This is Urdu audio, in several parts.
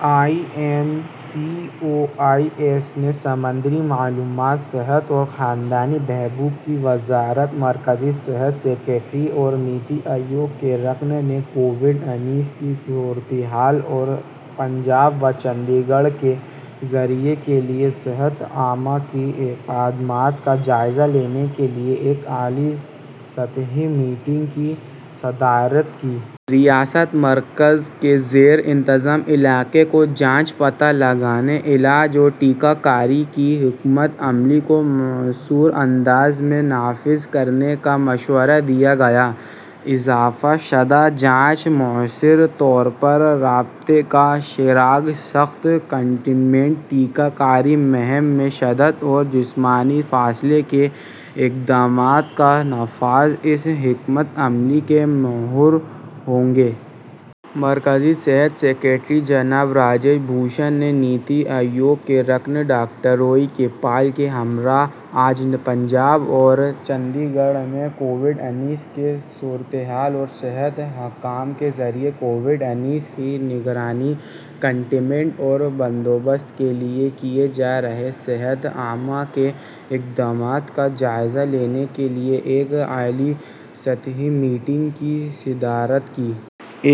I N C O I S نے سمندری معلومات... صحت اور خاندانی بہبود کی وزارت مرکزی صحت سکریٹری اور نیتی آیوگ کے رکن نے کووڈ-انیس کی صورتحال اور پنجاب و چندی گڑھ کے ذریعے کیے گئے صحتِ عامہ کے اقدامات کا جائزہ لینے کے لیے ایک اعلیٰ سطحی میٹنگ کی صدارت کی۔ ریاست/مرکز کے زیرِ انتظام علاقے کو ’’جانچ، پتہ لگانے، علاج اور ٹیکہ کاری‘‘ کی حکمتِ عملی کو مؤثر انداز میں نافذ کرنے کا مشورہ دیا گیا۔ اضافہ شدہ جانچ، مؤثر طور پر رابطے کا سراغ، سخت کنٹینمنٹ، ٹیکہ کاری مہم میں شدت اور جسمانی فاصلے کے اقدامات کا نفاذ اس حکمتِ عملی کے محور ہوں گے۔ مرکزی صحت سکریٹری جناب راجیش بھوشن نے نیتی آیوگ کے رکن ڈاکٹر وی کے پال کے ہمراہ آج پنجاب اور چنڈی گڑھ میں کووڈ-انیس کی صورتحال اور صحت حکام کے ذریعے کووڈ-انیس کی نگرانی، کنٹینمنٹ اور بندوبست کے لیے کیے جا رہے صحتِ عامہ کے اقدامات کا جائزہ لینے کے لیے ایک اعلیٰ سطحی میٹنگ کی صدارت کی۔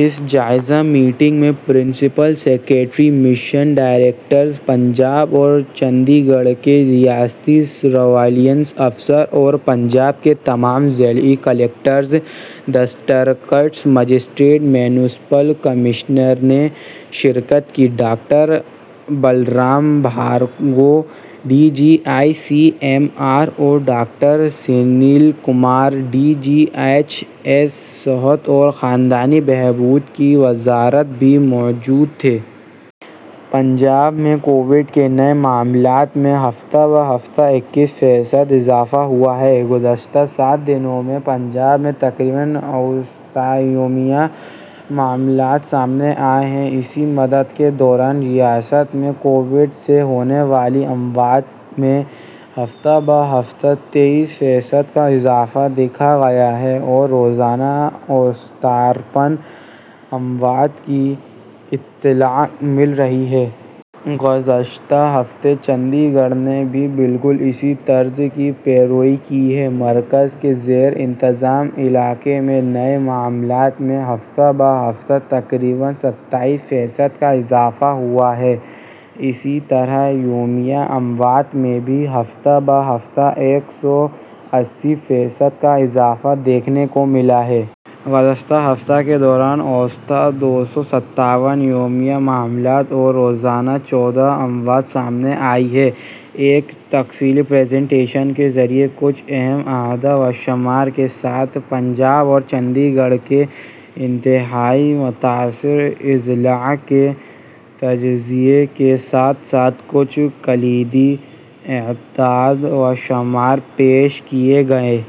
اس جائزہ میٹنگ میں principal secretary, mission director, Punjab اور چنڈی گڑھ کے ریاستی سرویلنس افسر اور پنجاب کے تمام ضلعی کلکٹرز/ڈسٹرکٹ مجسٹریٹس/میونسپل کمشنرز نے شرکت کی۔ Doctor Balram Bhargava, D G, I C M R اور doctor Sunil Kumar, D G H S, صحت و خاندانی بہبود کی وزارت بھی موجود تھے۔ پنجاب میں کووڈ کے نئے معاملات میں ہفتہ بہ ہفتہ اکیس فیصد اضافہ ہوا ہے۔ گزشتہ سات دنوں میں پنجاب میں تقریباً اوسطاً یومیہ معاملات سامنے آئے ہیں۔ اسی مدت کے دوران ریاست میں کووڈ سے ہونے والی اموات میں ہفتہ بہ ہفتہ تیس فیصد کا اضافہ دیکھا گیا ہے اور روزانہ اوسطاً ترپن اموات کی اطلاع مل رہی ہے۔ گزشتہ ہفتے چنڈی گڑھ نے بھی بالکل اسی طرز کی پیروی کی ہے۔ مرکز کے زیرِ انتظام علاقے میں نئے معاملات میں ہفتہ بہ ہفتہ تقریباً ستائیس فیصد کا اضافہ ہوا ہے۔ اسی طرح یومیہ اموات میں بھی ہفتہ بہ ہفتہ ایک سو اسی فیصد کا اضافہ دیکھنے کو ملا ہے۔ گزشتہ ہفتے کے دوران اوسطاً دو سو ستاون یومیہ معاملات اور روزانہ چودہ اموات سامنے آئی ہیں۔ ایک تفصیلی پریزنٹیشن کے ذریعے کچھ اہم اعداد و شمار کے ساتھ پنجاب اور چندی گڑھ کے انتہائی متاثرہ اضلاع کے تجزیے کے ساتھ ساتھ کچھ کلیدی اعداد و شمار پیش کیے گئے۔